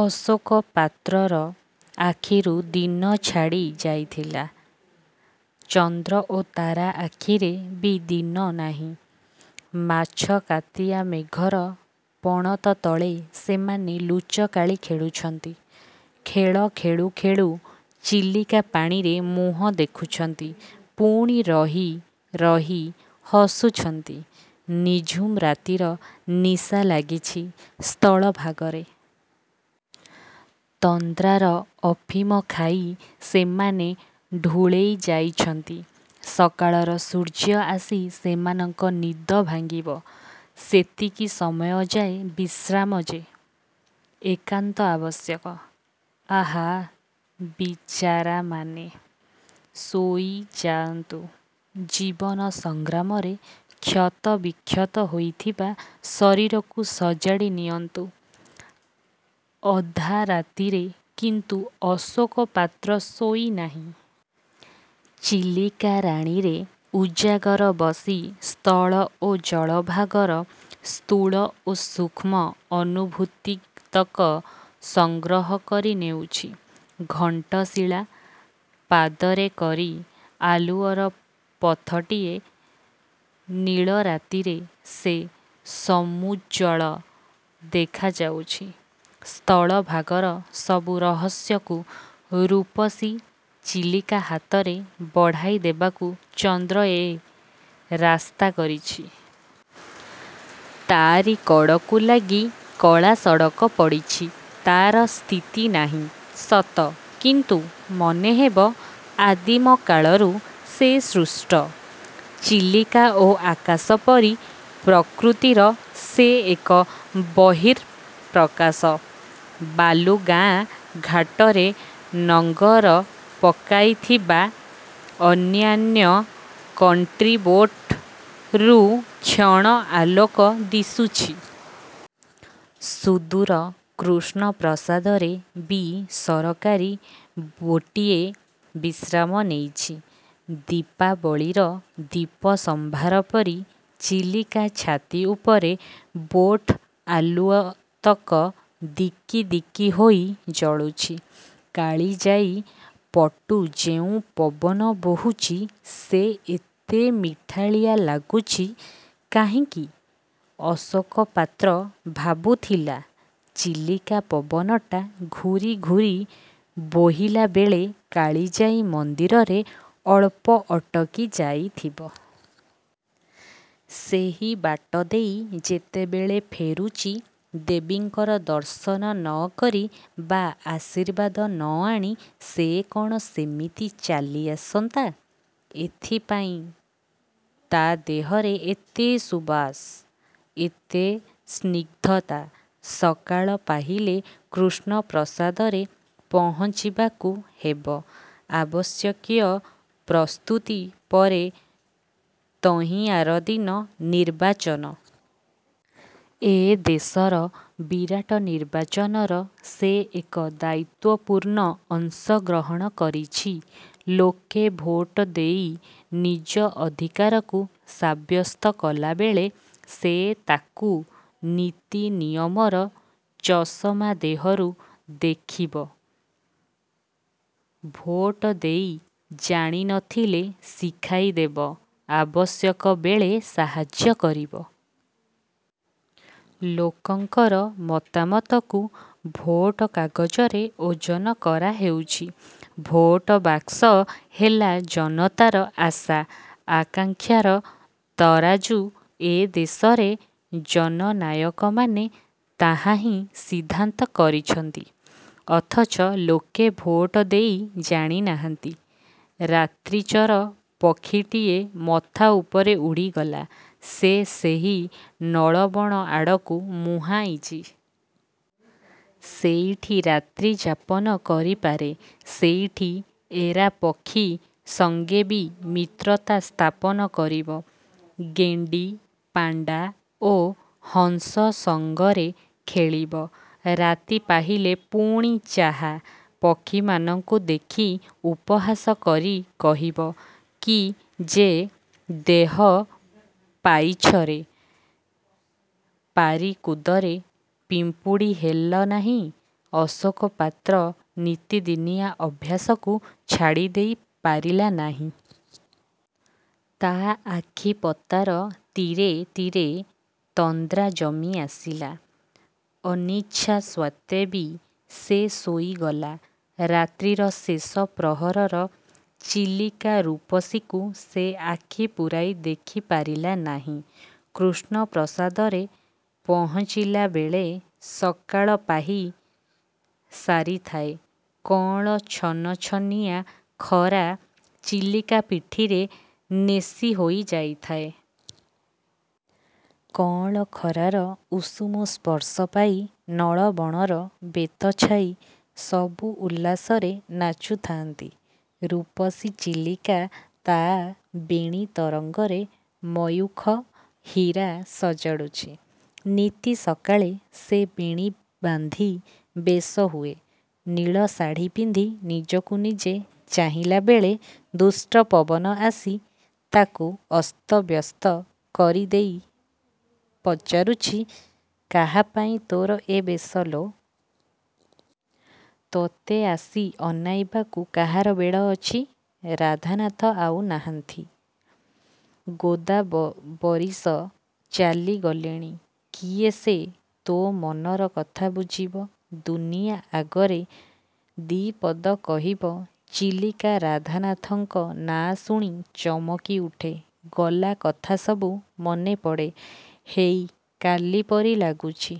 ଅଶୋକ ପାତ୍ରର ଆଖିରୁ ଦିନ ଛାଡ଼ି ଯାଇଥିଲା। ଚନ୍ଦ୍ର ଓ ତାରା ଆଖିରେ ବି ଦିନ ନାହିଁ। ମାଛକାତିଆ ମେଘର ପଣତ ତଳେ ସେମାନେ ଲୁଚକାଳି ଖେଳୁଛନ୍ତି। ଖେଳ ଖେଳୁ ଖେଳୁ ଚିଲିକା ପାଣିରେ ମୁହଁ ଦେଖୁଛନ୍ତି। ପୁଣି ରହି, ରହି ହସୁଛନ୍ତି। ନିଝୁମ୍ ରାତିର ନିଶା ଲାଗିଛି ସ୍ଥଳ ଭାଗରେ। ତନ୍ଦ୍ରାର ଅଫିମ ଖାଇ ସେମାନେ ଢୁଳେଇ ଯାଇଛନ୍ତି। ସକାଳର ସୂର୍ଯ୍ୟ ଆସି ସେମାନଙ୍କ ନିଦ ଭାଙ୍ଗିବ। ସେତିକି ସମୟଯାଏ ବିଶ୍ରାମ ଯେ ଏକାନ୍ତ ଆବଶ୍ୟକ! ଆଃ, ବିଚାରାମାନେ ଶୋଇଯାନ୍ତୁ! ଜୀବନ ସଂଗ୍ରାମରେ କ୍ଷତ ବିକ୍ଷତ ହୋଇଥିବା ଶରୀରକୁ ସଜାଡ଼ି ନିଅନ୍ତୁ!! ଅଧାରାତିରେ କିନ୍ତୁ ଅଶୋକ ପାତ୍ର ଶୋଇନାହିଁ। ଚିଲିକା ରାଣୀରେ ଉଜାଗର ବସି ସ୍ଥଳ ଓ ଜଳ ଭାଗର ସ୍ଥୂଳ ଓ ସୂକ୍ଷ୍ମ ଅନୁଭୂତିତକ ସଂଗ୍ରହ କରି ନେଉଛି। ଘଣ୍ଟଶୀଳା ପାଦରେକରି ଆଲୁଅର ପଥଟିଏ। ନୀଳ ରାତିରେ ସେ ସମୁଜ୍ଜ୍ୱଳ ଦେଖା ଯାଉଛି। ସ୍ଥଳ ଭାଗର ସବୁ ରହସ୍ୟକୁ ରୂପସୀ ଚିଲିକା ହାତରେ ବଢ଼ାଇ ଦେବାକୁ ଚନ୍ଦ୍ର ଏ ରାସ୍ତା କରିଛି। ତା'ରି କଡ଼କୁ ଲାଗି କଳା–ସଡ଼କ ପଡ଼ିଛି। ତାର ସ୍ଥିତି ନାହି ସତ କିନ୍ତୁ ମନେ ହେବ, ଆଦିମ କାଳରୁ ସେ ସୃଷ୍ଟ। ଚିଲିକା ଓ ଆକାଶ ପରି ପ୍ରକୃତିର ସେ ଏକ ବର୍ହିଃ ପ୍ରକାଶ। ବାଲୁଗାଁ ଘାଟରେ ନଙ୍ଗର ପକାଇଥିବା ଅନ୍ୟାନ୍ୟ 'କଣ୍ଟ୍ରିବୋଟ'ରୁ କ୍ଷୀଣ ଆଲୋକ ଦିଶୁଛି। ସୁଦୂର କୃଷ୍ଣପ୍ରସାଦରେ ବି ସରକାରୀ ବୋଟ୍ଟିଏ ବିଶ୍ରାମ ନେଇଛି। ଦୀପାବଳୀର ଦୀପ ସମ୍ଭାର ପରି ଚିଲିକା ଛାତି ଉପରେ ବୋଟ୍ ଆଲୁଅତକ ଦିକି, ଦିକି ହୋଇ ଜଳୁଛି। 'କାଳିଜାଈ' ପଟୁ ଯେଉଁ ପବନ ବୋହୁଛି ସେ ଏତେ ମିଠାଳିଆ ଲାଗୁଛି କାହିଁକି? ଅଶୋକ ପାତ୍ର ଭାବୁଥିଲା, ଚିଲିକା ପବନଟା ଘୂରି, ଘୂରି ବୋହିଲାବେଳେ କାଳିଜାଈ ମନ୍ଦିରରେ ଅଳ୍ପ ଅଟକି ଯାଇଥିବ। ସେହି ବାଟ ଦେଇ ଯେତେବେଳେ ଫେରୁଛି, ଦେବୀଙ୍କର ଦର୍ଶନ ନ କରି ବା ଆଶୀର୍ବାଦ ନ ଆଣି ସେ କଣ ସେମିତି ଚାଲି ଆସନ୍ତା? ଏଇଥିପାଇଁ ତା' ଦେହରେ ଏତେ ସୁବାସ, ଏତେ ସ୍ନିଗ୍ଧତା। ସକାଳ ପାହିଲେ କୃଷ୍ଣପ୍ରସାଦରେ ପହୁଞ୍ଚିବାକୁ ହେବ। ଆବଶ୍ୟକୀୟ ପ୍ରସ୍ତୁତି ପରେ ତହିଁଆରଦିନ ନିର୍ବାଚନ। ଏ ଦେଶର ବିରାଟ ନିର୍ବାଚନର ସେ ଏକ ଦାୟିତ୍ୱପୂର୍ଣ୍ଣ ଅଂଶ ଗ୍ରହଣ କରିଛି। ଲୋକେ ଭୋଟ ଦେଇ ନିଜ ଅଧିକାରକୁ ସାବ୍ୟସ୍ତ କଲାବେଳେ, ସେ ତାକୁ ନୀତିନିୟମର ଚଷମା ଦେହରୁ ଦେଖିବ। ଭୋଟ ଦେଇ ଜାଣି ନଥିଲେ ଶିଖାଇ ଦେବ। ଆବଶ୍ୟକ ବେଳେ, ସାହାଯ୍ୟ କରିବ। ଲୋକଙ୍କର ମତାମତକୁ ଭୋଟ କାଗଜରେ ଓଜନ କରାହେଉଛି। ଭୋଟ ବାକ୍ସ ହେଲା ଜନତାର ଆଶା, ଆକାଂକ୍ଷାର ତରାଜୁ। ଏ ଦେଶର ଜନନାୟକମାନେ ତାହାହିଁ ସିଦ୍ଧାନ୍ତ କରିଛନ୍ତି। ଅଥଚ ଲୋକେ ଭୋଟ ଦେଇ ଜାଣିନାହାନ୍ତି!!! ରାତ୍ରିଚର ପକ୍ଷୀଟିଏ ମଥା ଉପରେ ଉଡ଼ିଗଲା। ସେ ସେହି ନଳବଣ ଆଡ଼କୁ ମୁହାଁଇଛି-। ସେଇଠି ରାତ୍ରିଯାପନ କରିପାରେ। ସେଇଠି ଏରାପକ୍ଷୀ ସଙ୍ଗେ ବି ମିତ୍ରତା ସ୍ଥାପନ କରିବ-। ଗେଣ୍ଡି, ପାଣ୍ଡା ଓ ହଂସ ସଙ୍ଗରେ ଖେଳିବ। ରାତି ପାହିଲେ ପୁଣି 'ଚାହା' ପକ୍ଷୀମାନଙ୍କୁ ଦେଖି ଉପହାସ କରି କହିବ, 'କି ଯେ ଦେହ ପାଇଛରେ! ପାରିକୁଦରେ ପିମ୍ପୁଡ଼ି ହେଲନାହିଁ? ' ଅଶୋକ ପାତ୍ର ନିତିଦିନିଆ ଅଭ୍ୟାସକୁ ଛାଡ଼ିଦେଇ ପାରିଲା ନାହିଁ। ତା ଆଖି ପତାର ତୀରେ, ତୀରେ ତନ୍ଦ୍ରା ଜମି ଆସିଲା। ଅନିଚ୍ଛା ସତ୍ତ୍ୱେବି ସେ ଶୋଇଗଲା। ରାତ୍ରିର ଶେଷ ପ୍ରହରର ଚିଲିକା ରୂପସୀକୁ ସେ ଆଖି ପୂରାଇ ଦେଖିପାରିଲା ନାହିଁ। କୃଷ୍ଣପ୍ରସାଦରେ ପହୁଞ୍ଚିଲାବେଳେ ସକାଳ ପାହି ସାରିଥାଏ। କଅଁଳ ଛନଛନିଆ ଖରା ଚିଲିକା ପିଠିରେ ନେସିହୋଇ ଯାଇଥାଏ। କଅଁଳ ଖରାର ଉଷୁମ ସ୍ପର୍ଶ ପାଇ ନଳବଣର ବେତଛାଇ ସବୁ ଉଲ୍ଲାସରେ ନାଚୁଥାନ୍ତି। ରୂପସୀ ଚିଲିକା ତା' ବେଣୀ-ତରଙ୍ଗରେ ମୟୂଖ ହୀରା ସଜାଡ଼ୁଛି। ନିତି ସକାଳେ ସେ ବେଣୀ ବାନ୍ଧି ବେଶ ହୁଏ। ନୀଳ-ଶାଢ଼ି ପିନ୍ଧି ନିଜକୁ ନିଜେ ଚାହିଁଲାବେଳେ, ଦୁଷ୍ଟ ପବନ ଆସି ତାକୁ ଅସ୍ତବ୍ୟସ୍ତ କରିଦେଇ ପଚାରୁଛି, 'କାହାପାଇଁ ତୋର ଏ ବେଶ ଲୋ? ତୋତେ ଆସି ଅନାଇବାକୁ କାହାର ବେଳ ଅଛି? ରାଧାନାଥ ଆଉ ନାହାନ୍ତି। ଗୋଦାବରୀଶ ଚାଲିଗଲେଣି। କିଏ ସେ ତୋ' ମନର କଥା ବୁଝି ଦୁନିଆ ଆଗରେ ଦି'ପଦ କହିବ? ' ଚିଲିକା, ରାଧାନାଥଙ୍କ ନାଁ ଶୁଣି ଚମକି ଉଠେ। ଗଲା କଥା ସବୁ ମନେପଡ଼େ। ହେଇ, କାଲିପରି ଲାଗୁଛି।